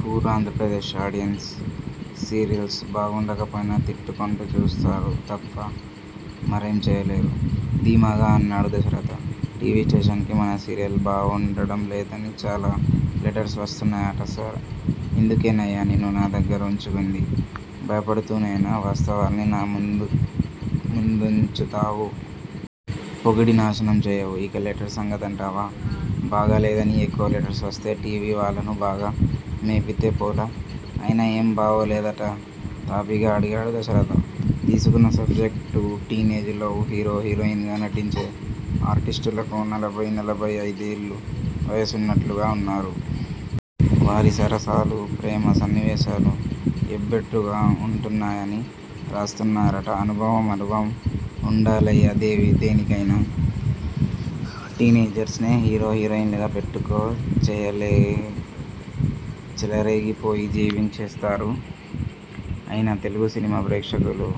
Poor Andhra Pradesh audience serials బాగుండకపోయినా తిట్టుకొంటూ చూస్తారు తప్ప మరేం చేయలేరు ' ధీమాగా అన్నాడు దశరథ. టి. వి. స్టేషన్ కి మన సీరియల్ బావుండటంలేదని చాలా లెటర్స్ వస్తున్నాయట సార్ ఇందుకేనయ్య నిన్ను నా దగ్గరే ఉంచుకుంది. భయపడుతూనైనా వాస్తవాన్ని నా ముందుంచుతావు. పొగిడి నాశనం చేయవు. ఇక లెటర్స్ సంగతంటావా? బాగాలేదని ఎక్కువ లెటర్స్ వస్తే టీ. వీ. వాళ్ళను బాగా మేపితే పోలా? అయినా ఏం బావోలేదట? తాపీగా అడిగాడు దశరథ. తీసుకున్న subject teenage love. Hero, heroine గా నటించే ఆర్టిస్టులకు నలభై, నలభై ఐదేళ్ళ వయస్సున్నట్లుగా ఉన్నారు. వారి సరసాలు. ప్రేమ సన్నివేశాలు ఎబ్బెట్టుగా ఉంటున్నాయని రాస్తున్నారట అనుభవం అనుభవం ఉండాలయ్యదేనికైనా. టీనేజర్స్ నే హీరో, హీరోయిన్లుగా పెట్టమనుకో చెలరేగిపోయి జీవించేస్తారు. అయినా తెలుగు సినిమా ప్రేక్షకులు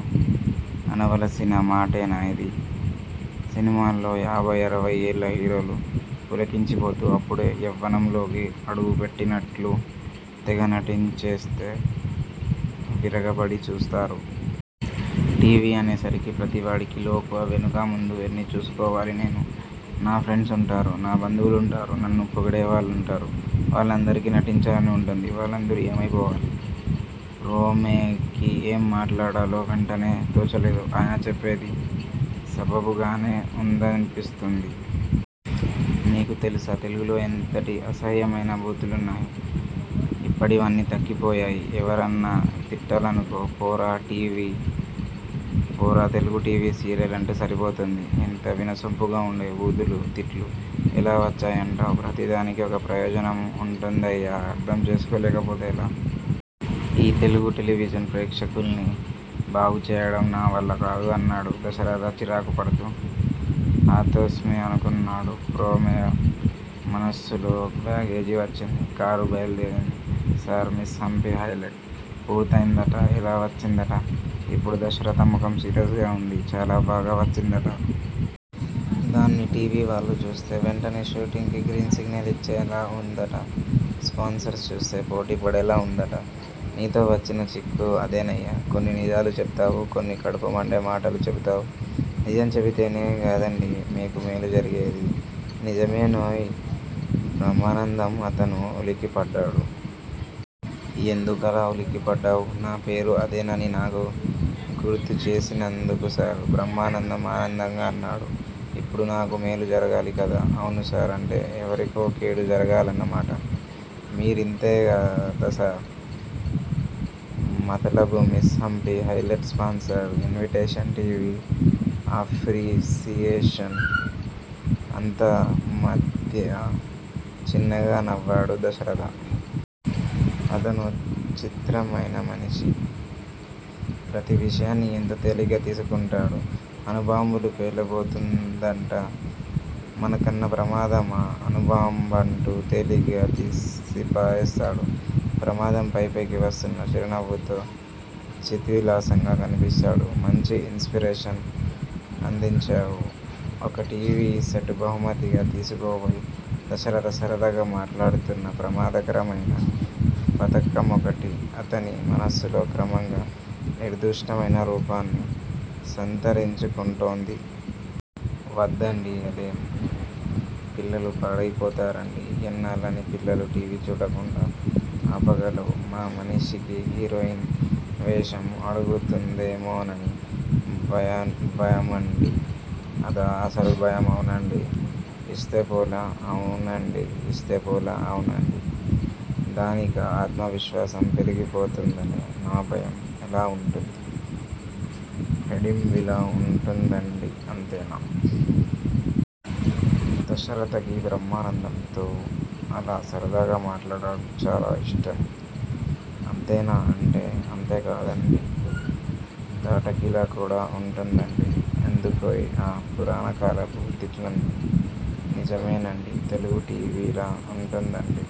అనవలసిన మాటేనా ఇది! సినిమాల్లో, యాభై అరవై ఏళ్ళ హీరోలు పులకించిపోతూ అప్పుడే యవ్వనంలోకి అడగుపెట్టినట్లు తెగ నటించేస్తే, విరగబడి చూస్తారు. టీ. వీ. అనే సరికి ప్రతివాడికీ లోకువే వెనుకా ముందు ఎన్ని చూసుకోవాలి నేను? నా ఫ్రెండ్స్ ఉంటారు-నా బంధువులుంటారు-నన్ను పొగిడే వాళ్ళుంటారు. వాళ్ళందరికీ నటించాలని ఉంటుంది. వాళ్ళందరూ ఏమైపోవాలి? ప్రో. మే. కి ఏం మాట్లాడాలో వెంటనే తోచలేదు. ఆయన చెప్పేది సబబుగానే ఉందనిపిస్తోంది. నీకు తెలుసా తెలుగులో ఎంతటి అసహ్యమైన బూతులున్నాయో? ఇప్పడవన్నీ తగ్గిపోయాయి. ఎవర్నన్నా తిట్టాలనుకో ఫోరా టి. వి. ఫోరా తెలుగుటీవీ సీరియల్ అంటే సరిపోతుంది. ఇంత వినసొంపుగా ఉండే బూతులు, తిట్లు ఎలా వచ్చాయంటావ్? ప్రతి దానికి ఒక ప్రయోజనం ఉంటుందయ్యా అర్థం చేసుకోలేకపోతే ఎలా? ఈ తెలుగు టెలివిజన్ ప్రేక్షకుల్ని బాగుచేయడం నావల్లకాదు అన్నాడు దశరథ చిరాకుపడుతూ. హతోస్మి అనుకున్నాడు ప్రో. మే మనస్సులో. బ్యాగేజి వచ్చింది. కారు బయల్దేరింది. సార్ మిస్ హంపి పైలట్ పూర్తయిందట ఎలా వచ్చిందట? ఇప్పుడు దశరథ ముఖం సీరియస్ గా ఉంది. చాలా బాగా వచ్చిందట. దాన్ని టీవీ వాళ్ళు చూస్తే వెంటనే షూటింగ్ కి గ్రీన్ సిగ్నల్ ఇచ్చేలా ఉందట. స్పాన్సరర్స్ చూస్తే పోటీపడేలా ఉందట. నీతో వచ్చిన చిక్కు అదేనయ్యా కొన్ని నిజాలు చెబుతావు. కొన్ని కడుపు మండే మాటలు చెబుతావు నిజం చెబితేనే గదండి మీకు మేలు జరిగేది నిజమేనోయ్ బ్రహ్మానందం అతను ఉలిక్కిపడ్డాడు. ఎందుకలా ఉలిక్కిపడ్డావ్? నాపేరు అదేనని నాకు గుర్తుచేసినందుకు సార్ బ్రహ్మానందం ఆనందంగా అన్నాడు. ఇప్పుడు నాకు మేలు జరగాలి కదా? అవునుసార్ అంటే ఎవరికో కీడు జరగాలన్న మాట. మీరేంతేగదాసర్ మతలబు miss Hampi pilot sponsor invitation TV appreciation అంతా మిధ్య చిన్నగా నవ్వాడు దశరథ. అతనో చిత్రమైన మనిషి. ప్రతి విషయాన్ని ఎంత తేలిగ్గా తీసుకుంటాడు. అణుబాంబులు పేలబో తోందంటే మనకన్నా ప్రమాదమా అణుబాంబంటూ తేలిగ్గా తీసిపారేస్తాడు. ప్రమాదం పైపైకి వస్తున్నా చిర్నవ్వుతో చిద్విలాసంగా కనిపిస్తాడు. మంచి ఇన్ ఫర్మేషన్ అందించావు. ఒక టీవీ సెట్ బహుమతిగా తీసుకోవోయ్ దశరథ సరదాగా మాట్లాడుతున్నా ప్రమాదకరమైన పతకమొకటి అతని మనస్సులో క్రమంగా నిర్దుష్టమైన రూపాన్ని సంతరించుకుంటోంది. వద్దండి అదేం? పిల్లలు పాడైపోతారండి ఎన్నాళ్ళని పిల్లలు టీవీ చూడకుండా ఆపగలవ్? మా మనిషి హీరోయిన్ వేషం అడుగుతుందేమోనని భయమండి అదా అసలు భయం అవునండీ ఇస్తేపోలా? అవునండీ ఇస్తేపోలా? అవునండి. దానికా ఆత్మవిశ్వాసం పెరిగిపోతుందనే నా భయం ఎలా ఉంటుంది? హిడింబీలా ఉంటుందండి అంతేనా? దశరథకి బ్రహ్మానందంతో అలా సరదాగా మాట్లాడటం చాలా ఇష్టం. అంతేనా అంటే అంతేకాదండి తాటకిలా కూడా ఉంటుందండి ఎందుకోయ్ ఆ పురాణకాలపు తిట్లన్నీ? నిజమేనండి. తెలుగు టీవీలా ఉంటుందండి